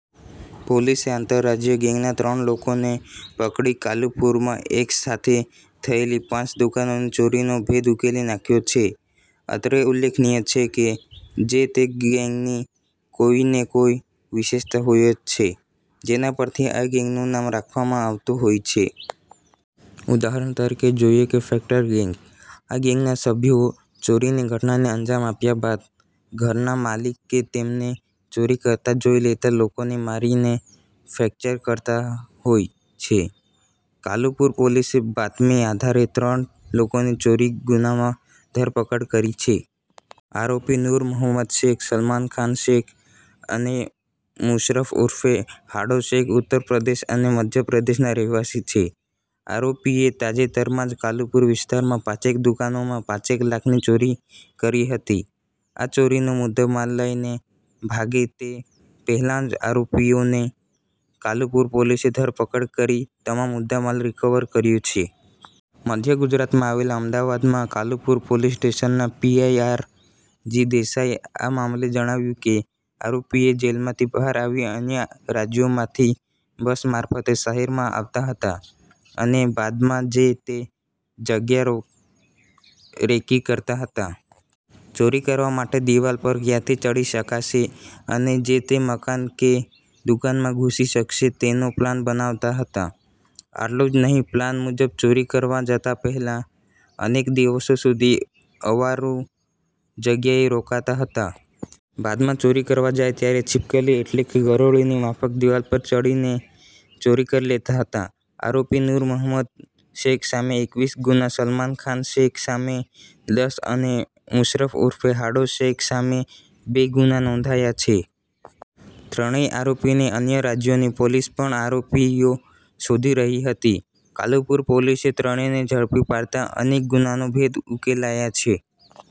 પોલીસે આંતરરાજ્ય ગેંગના ત્રણ લોકોને પકડી કાલુપુરમાં એક સાથે થયેલી પાંચ દુકાનની ચોરીનો ભેદ ઉકેલી નાખ્યો છે. અત્રે ઉલ્લેખનીય છે કે, જે તે ગેંગની કોઈને કોઈ વિશેષતા હોય છે. જેના પરથી આ ગેંગનું નામ રાખવામાં આવતું હોય છે. ઉદાહરણ તરીકે જોઈએ કે ફ્રેક્ટર ગેંગ. આ ગેંગના સભ્યો ચોરીની ઘટનાને અંજામ આપ્યા બાદ ઘરના માલિક કે તેમને ચોરી કરતા જોઈ લેતા લોકોને મારી મારીને ફ્રેક્ચર કરતા હોય છે. કાલુપુર પોલીસે બાતમી આધારે ત્રણ લોકોની ચોરીના ગુનામાં ધરપકડ કરી છે. આરોપી નૂર મહોમદ શેખ, સલમાન ખાન શેખ અને મુશરફ ઉર્ફે હાડો શેખ ઉત્તરપ્રદેશ અને મધ્યપ્રદેશના રહેવાસી છે. આરોપીઓએ તાજેતરમાં જ કાલુપુર વિસ્તારમાં પાંચેક દુકાનોમાં પાંચેક લાખની ચોરી કરી હતી. આ ચોરીનો મુદ્દામાલ લઈને ભાગે તે પહેલા જ આરોપીઓની કાલુપુર પોલીસે ધરપકડ કરી તમામ મુદ્દામાલ રિકવર કર્યો છે. મધ્ય ગુજરાતમાં આવેલ અમદાવાદમાં કાલુપુર પોલીસ સ્ટેશનના પી. આઇ. આર. જી. દેસાઈએ આ મામલે જણાવ્યું કે, આરોપીઓ જેલમાંથી બહાર આવી અન્ય રાજ્યોમાંથી બસ મારફતે શહેરમાં આવતા હતા અને બાદમાં જે તે જગ્યાની રેકી કરતા હતા. ચોરી કરવા માટે દીવાલ પર ક્યાંથી ચઢી શકાશે અને જે તે મકાન કે દુકાનમાં ઘૂસી શકાશે તેનો પ્લાન બનાવતા હતા. આટલું જ નહીં પ્લાન મુજબ ચોરી કરવા જતા પહેલા અનેક દિવસો સુધી અવાવરું જગ્યાએ રોકાતા હતા. બાદમાં ચોરી કરવા જાય ત્યારે છીપકલી એટલે કે ગરોળીની માફક દીવાલો પર ચઢીને ચોરી કરી લેતા હતા. આરોપી નૂર મહોમદ શેખ સામે એકવીસ ગુના, સલમાન ખાન શેખ સામે દસ અને મુશરફ ઉર્ફે હાડો શેખ સામે બે ગુના નોંધાયા છે. ત્રણેય આરોપીને અન્ય રાજ્યોની પોલીસ પણ આરોપીઓ શોધી રહી હતી. કાલુપુર પોલીસે ત્રણેયને ઝડપી પાડતા અનેક ગુનાના ભેદ ઉકેલાયા છે.